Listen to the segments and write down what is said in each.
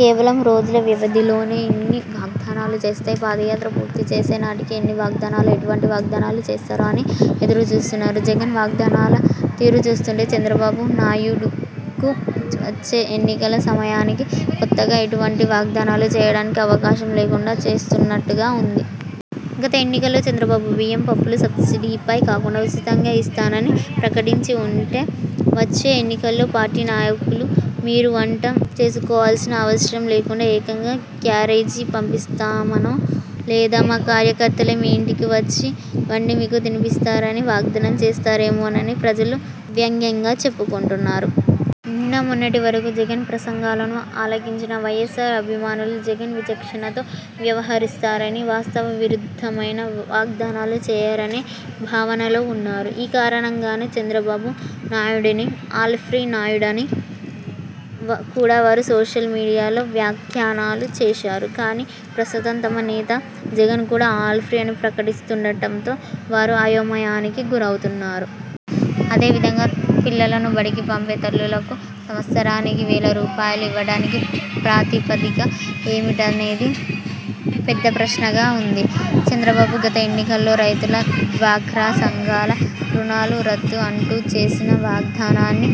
కేవలం రోజుల వ్యవధిలోనే ఇన్ని వాగ్దానాలు చేస్తే పాదయాత్ర పూర్తి చేసే నాటికి ఎన్ని వాగ్దానాలు, ఎటువంటి వాగ్దానాలు చేస్తారో అని ఎదురు చూస్తున్నారు. జగన్ వాగ్దానాల తీరు చూస్తుంటే చంద్రబాబు నాయుడుకు వచ్చే ఎన్నికల సమయానికి కొత్తగా ఎటువంటి వాగ్దానాలు చేయడానికి అవకాశం లేకుండా చేస్తున్నట్టుగా వుంది. గత ఎన్నికల్లో చంద్రబాబు బియ్యం, పప్పులు సబ్సిడీపై కాకుండా ఉచితంగా ఇస్తానని ప్రకటించి వుంటే వచ్చే ఎన్నికల్లో పార్టీ నాయకులు మీరు వంట చేసుకోవాల్సిన అవసరం లేకుండా ఏకంగా క్యారేజీ పంపిస్తామనో లేదా మా కార్యకర్తలే మీ ఇంటికి వచ్చి వండి మీకు తినిపిస్తారని వాగ్దానం చేస్తారేమోనని ప్రజలు వ్యంగ్యంగా చెప్పుకొంటున్నారు. నిన్న మొన్నటి వరకు జగన్ ప్రసంగాలను ఆలకించిన వైఎస్ఆర్ అభిమానులు జగన్ విచక్షణతో వ్యవహరిస్తారని, వాస్తవ విరుద్ధమైన వాగ్దానాలు చేయరనే భావనలో వున్నారు. ఈ కారణంగానే చంద్రబాబు నాయుడిని ఆల్ ఫ్రీ నాయుడని కూడా వారు సోషల్ మీడియాలో వ్యాఖ్యానాలు చేశారు. కానీ, ప్రస్తుతం తమ నేత జగన్ కూడా ఆల్ ఫ్రీ అని ప్రకటిస్తుండటంతో వారు అయోమయానికి గురవుతున్నారు. అదే విధంగా పిల్లలను బడికి పంపే తల్లులకు సంవత్సరానికి వేల రూపాయలు ఇవ్వడానికి ప్రాతిపదిక ఏమిటనేది పెద్ద ప్రశ్నగా వుంది. చంద్రబాబు గత ఎన్నికల్లో రైతుల, డ్వాక్రా సంఘాల రుణాలు రద్దు అంటూ చేసిన వాగ్దానాన్ని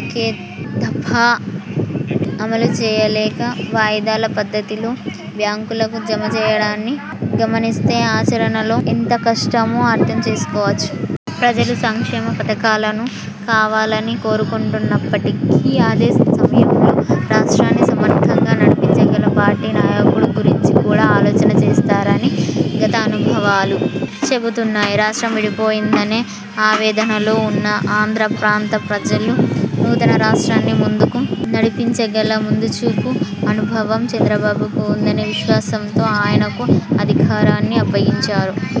ఒకే దఫా అమలు చేయలేక వాయిదాల పద్ధతిలో బ్యాంకులకు జమ చేయడాన్ని గమనిస్తే ఆచరణలో ఎంత కష్టమో అర్థం చేసుకోవచ్చు. ప్రజలు సంక్షేమ పథకాలను కావాలని కోరుకొంటున్నప్పటికీ అదే సమయంలో రాష్ట్రాన్ని సమర్థంగా నడిపించగల పార్టీ, నాయకుడు గురించి కూడా ఆలోచన చేస్తారని గత అనుభవాలు చెబుతున్నాయి. రాష్ట్రం విడిపోయిందనే ఆవేదనలో వున్న ఆంధ్ర ప్రాంత ప్రజలు, నూతన రాష్ట్రాన్ని ముందుకు నడిపించగల ముందుచూపు, అనుభవం చంద్రబాబుకు వుందనే విశ్వాసంతో ఆయనకు అధికారాన్ని అప్పగించారు.